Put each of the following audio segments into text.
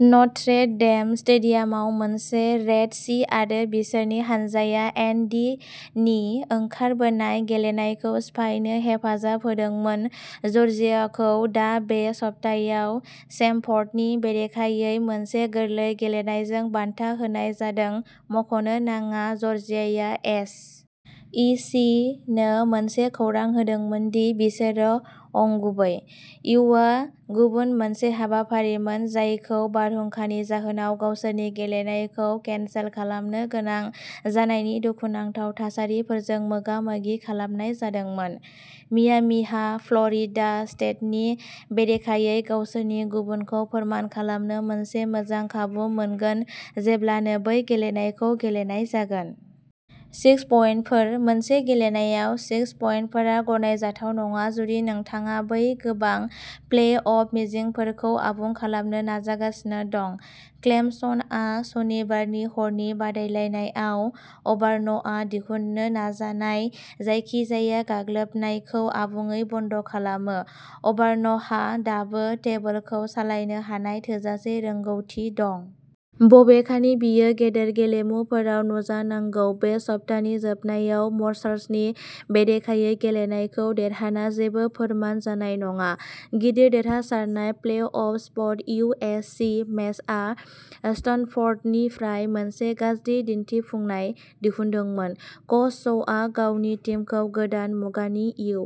Notre Dame स्टेडियामाव मोनसे रेड सी आरो बिसोरनि हानजाया एन. डी. नि ओंखारबोनाय गेलेनायखौ सिफायनो हेफाजाब होदोंमोन। जर्जियाखौ दा बे सप्तायाव सेमफर्डनि बेरेखायै मोनसे गोरलै गेलेनायजों बान्था होनाय जादों। मख'नो नाङा, जर्जियाया एस. इ. सि. नो मोनसे खौरां होदोंमोन दि बिसोरो अंगुबै। इउआ गुबुन मोनसे हाबाफारिमोन जायखौ बारहुंखानि जाहोनाव गावसोरनि गेलेनायखौ केनसेल खालामनो गोनां जानायनि दुखुनांथाव थासारिफोरजों मोगा-मोगि खालामनाय जादोंमोन। मियामीहा फ्ल'रिडा स्टेटनि बेरेखायै गावसोरनि गुबुनखौ फोरमान खालामनो मोनसे मोजां खाबु मोनगोन जेब्लानो बै गेलेनायखौ गेलेनाय जागोन। Six point four. मोनसे गेलेनायाव स्किस पइन्टफोरा गनायजाथाव नङा जुदि नोंथाङा बै गोबां प्लेअफ मिजिंफोरखौ आबुं खालामनो नाजागासिनो दं। क्लेमसनआ सनिबारनि हरनि बादायलायनायाव अबार्नआ दिहुननो नाजानाय जायखिजाया गाग्लोबनायखौ आबुङै बन्द'खालामो। अबार्नहा दाबो टेबोलखौ सालायनो थाखाय थोजासे रोंग'थि दं। बबेखानि, बेयो गिदिर गेलेमुफोराव नुजानांगौ। बे सप्तानि जोबनायाव मर्सारनि बेरेखायै गेलेनायखौ देरहाना जेबो फोरमान जानाय नङा। गिदिर देरहासारनाय playoff spot. U. S. C. मेचआ स्टेनफ'र्डनिफ्राय मोनसे गाज्रि दिन्थिफुंनाय दिहुनदोंमोन। कच श'आ गावनि टीमखौ गोदान मुगानि इउ.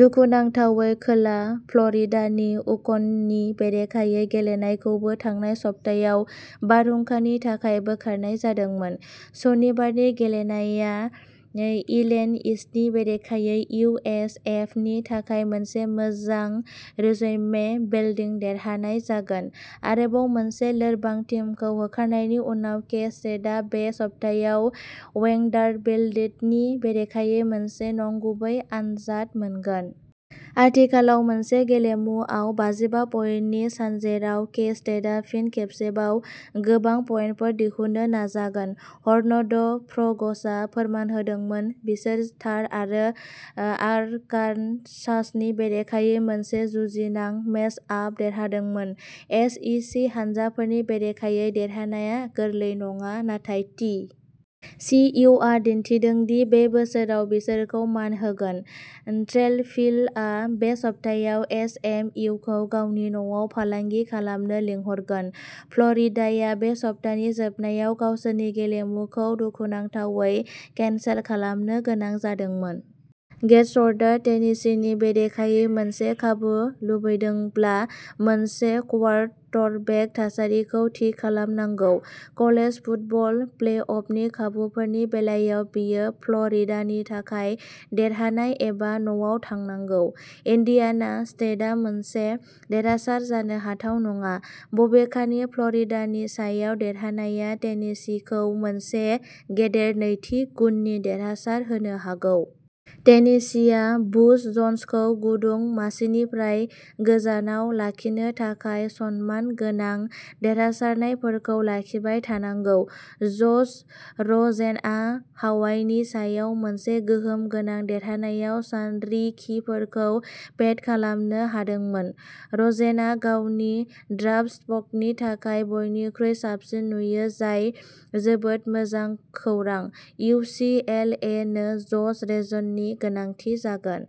दुखुनांथावै, खोला फ्ल'रिडानि उकननि बेरेखायै गेलेनायखौबो थांनाय सप्तायाव बारहुंखानि थाखाय बोखारनाय जादोंमोन। सनिबारनि गेलेनाया इलिन'इसनि बेरेखायै इउ. एस. एफ. नि थाखाय मोनसे मोजां रिज्यूमे बिल्डिं देरहानाय जागोन। आरोबाव मोनसे लोरबां टीमखौ होखारनायनि उनाव, के-स्टेटआ बे सप्तायाव वेंडारबिल्टनि बेरेखायै मोनसे नंगुबै आनजाद मोनगोन। आथिखालाव मोनसे गेलेमुआव बाजिबा पइन्टनि सानजेराव, के-स्टेटआ फिन खेबसेबाव गोबां पइन्टफोर दिहुननो नाजागोन। हर्नड फ्र'ग्सआ फोरमान होदोंमोन। बिसोर थार आरो आरकानसासनि बेरेखायै मोनसे जुजिनां मेचआप देरहादोंमोन। एस. इ. सि. हानजाफोरनि बेरेखायै देरहाना गोरलै नङा नाथाय टि. सि. इउ. आ दिन्थिदों दि बे बोसोराव बिसोरखौ मान होगोन। ट्रिलभिलआ बे सप्तायाव एस. एम. इउ. खौ गावनि न'आव फालांगि खालामनो लिंहरगोन। फ्ल'रिडाया बे सप्तानि जोबनायाव गावसोरनि गेलेमुखौ दुखुनांथावै केनसेल खालामनो गोनां जादोंमोन। गेटर्सआ टेनेसिनि बेरेखायै मोनसे खाबु लुबैदोंब्ला मोनसे क्वार्टरबेक थासारिखौ थि खालामनांगौ। कलेज फुटबल प्लेअफनि खाबुफोरनि बेलायाव बेयो फ्ल'रिडानि थाखाय देरहानाय एबा न'आव थांनांगौ। इन्डियाना स्टेटआ मोनसे देरहासार जानो हाथाव नङा। बबेखानि, फ्ल'रिडानि सायाव देरहानायआ टेनेसिखौ मोनसे गिदिर नैथि गुननि देरहासार होनो हागौ। टेनेसिआ बुच जन्सखौ गुदुं मासिनिफ्राय गोजानाव लाखिनो थाखाय सनमानगोनां देरहासारनायफोरखौ लाखिबाय थानांगौ। जश र'जेनआ हावाइनि सायाव मोनसे गोहोम गोनां देरहानायाव सानरिखिफोरखौ पेड खालामनो हादोंमोन। र'जेनआ गावनि ड्राफ्ट स्टकनि थाखाय बयनिख्रुइ साबसिन नुयो जाय जोबोद मोजां खौरां। इउ. सि. एल. ए. नो जश र'जेननि गोनांथि जागोन।